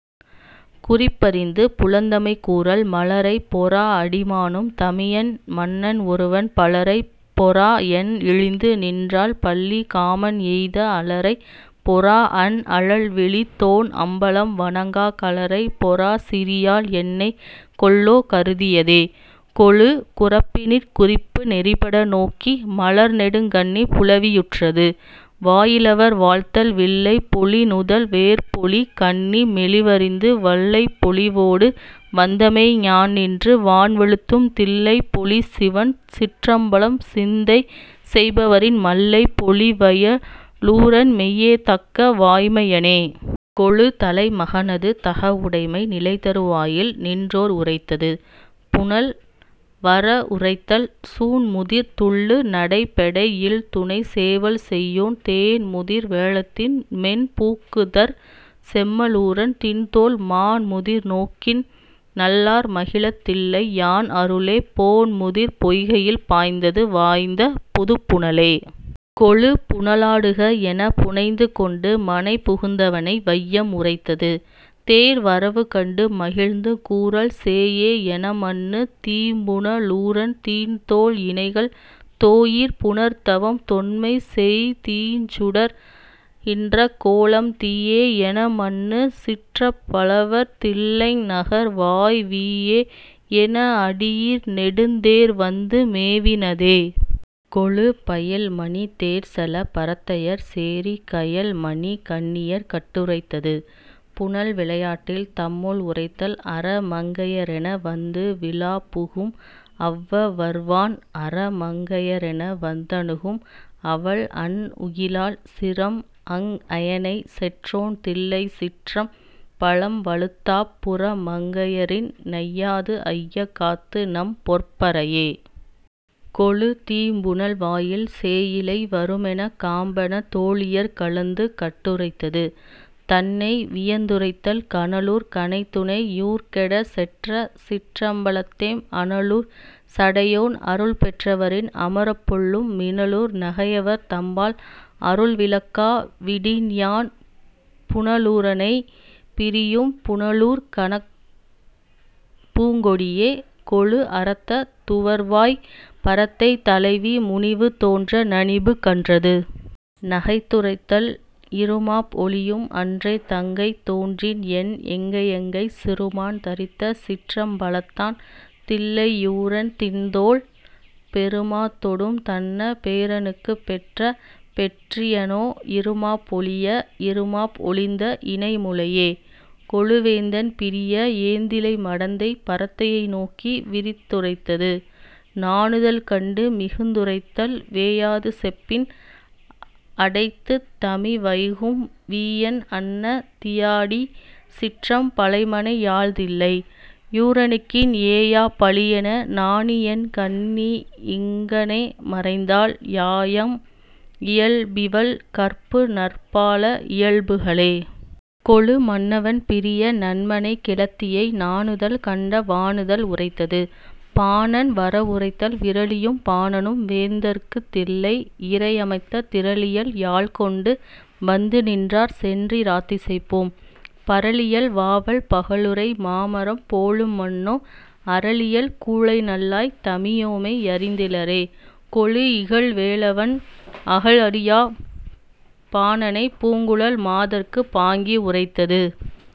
குறிப்பறிந்து புலந்தமை கூறல் மலரைப் பொறாஅடி மானும் தமியன்மன் னன்ஒருவன் பலரைப் பொறாஎன் இழிந்துநின் றாள்பள்ளி காமன்எய்த அலரைப் பொறாஅன் அழல்விழித் தோன்அம்பலம் வணங்காக் கலரைப் பொறாச்சிறி யாள்என்னை கொல்லோ கருதியதே.... கொளு குறப்பினிற் குறிப்பு நெறிப்பட நோக்கி மலர்நெடுங் கண்ணி புலவி யுற்றது.. வாயிலவர் வாழ்த்தல் வில்லைப் பொலிநுதல் வேற்பொலி கண்ணி மெலிவறிந்து வல்லைப் பொலிவொடு வந்தமை யான்நின்று வான்வழுத்தும் தில்லைப் பொலிசிவன் சிற்றம்பலம்சிந்தை செய்பவரின் மல்லைப் பொலிவய லூரன்மெய்யேதக்க வாய்மையனே.... கொளு தலை மகனது தகவுடைமை நிலைதரு வாயில் நின்றோர் உரைத்தது.. புனல் வரவுரைத்தல் சூன்முதிர் துள்ளு நடைப்பெடைக் இல்துணைச் சேவல் செய்வான் தேன்முதிர் வேழத்தின் மென்பூக்குதர் செம்ம லூரன் திண்தோள் மான்முதிர் நோக்கின்நல் லார்மகிழத் தில்லை யான் அருளே போன்முதிர் பொய்கையில் பாய்ந்தது வாய்ந்த புதுப்புனலே.... கொளு புனலா டுகஎனப் புனைந்து கொண்டு மனைபுகுந் தவனை வையம் உரைத்தது.. தேர் வரவு கண்டு மகிழ்ந்து கூறல் சேயே எனமன்னு தீம்புன லூரன்திண் தோள்இணைகள் தோயீர் புணர்தவம் தொன்மைசெய் தீர்சுடர் கின்றகோலம் தீயே எனமன்னு சிற்றம்பலவர்தில்லைந்நகர் வாய் வீயே எனஅடி யீர்நெடுந் தேர்வந்து மேவினதே.... கொளு பயில்மணித் தேர்செலப் பரத்தையர் சேரிக் கயல் மணிக் கண்ணியர் கட்டுரைத்தது.. புனல் விளையாட்டில் தம்முள் உரைத்தல் அரமங் கையரென வந்து விழாப்புகும் அவ்வவர்வான் அரமங் கையரென வந்தணு கும்அவள் அன்உகிரால் சிரம்அங் அயனைச் செற்றோன் தில்லைச் சிற்றம் பலம்வழுத்தாப் புரமங் கையரின்நை யாதுஐய காத்துநம் பொற்பரையே.... கொளு தீம்புனல் வாயில் சேயிழை வருமெனச் காம்பன தோளியர் கலந்து கட்டுரைத்தது.. தன்னை வியந்துரைத்தல் கனலூர் கணைதுணை யூர்கெடச் செற்றசிற் றம்பலத்தெம் அனலூர் சடையோன் அருள்பெற் றவரின் அமரப்புல்லும் மினலூர் நகையவர் தம்பால் அருள்விலக் காவிடின்யான் புனலூ ரனைப் பிரி யும்புன லூர்கணப் பூங்கொடியே.... கொளு அரத்தத் துவர்வாய்ப் பரத்தைத் தலைவி முனிவு தோன்ற நனிபு கன்றது.. நகைத்துரைத்தல் இறுமாப் ஒழியும்அன் றேதங்கை தோன்றின்என் எங்கையங்கைச் சிறுமான் தரித்தசிற் றம்பலத் தான்தில்லை யூரன்திண்தோள்। பெறு மாத் தொடும்தன்ன பேரணுக் குப்பெற்ற பெற்றியனோ இறுமாப் ஒழிய இறுமாப் ஒழிந்த இணைமுலையே.... கொளு வேந்தன் பிரிய ஏந்திழை மடந்தை பரத்தையை நோக்கி விரித்து ரைத்தது.. நாணுதல் கண்டு மிகுத்துரைத்தல் வேயாது செப்பின் அடைத்துத் தமிவைகும் வீயன்அன்ன தீயாடி சிற்றம் பலமனை யாள்தில்லை யூரனுக்கின் ஏயாப் பழியென நாணியென் கண்ணிங்ங னேமறைத்தாள் யாயாம் இயல்பிவள் கற்புநற் பால இயல்புகளே.... கொளு மன்னவன் பிரிய நன்மனைக் கிழத்தியை நாணுதல் கண்ட வாணுதல் உரைத்தது.. பாணன் வரவுரைத்தல் விறலியும் பாணனும் வேந்தற்குத் தில்லை இறைஅமைத்த திறலியல் யாழ்கொண்டு வந்துநின் றார்சென் றிராத்திசைபோம் பறலியல் வாவல் பகலுறை மாமரம் போலும்மன்னோ அறலியல் கூழைநல் லாய் தமியோமை யறிந்திலரே.... கொளு இகல்வே லவன் அகல் அறியாப் பாணனைப் பூங்குழல் மாதர்க்குப் பாங்கி உரைத்தது..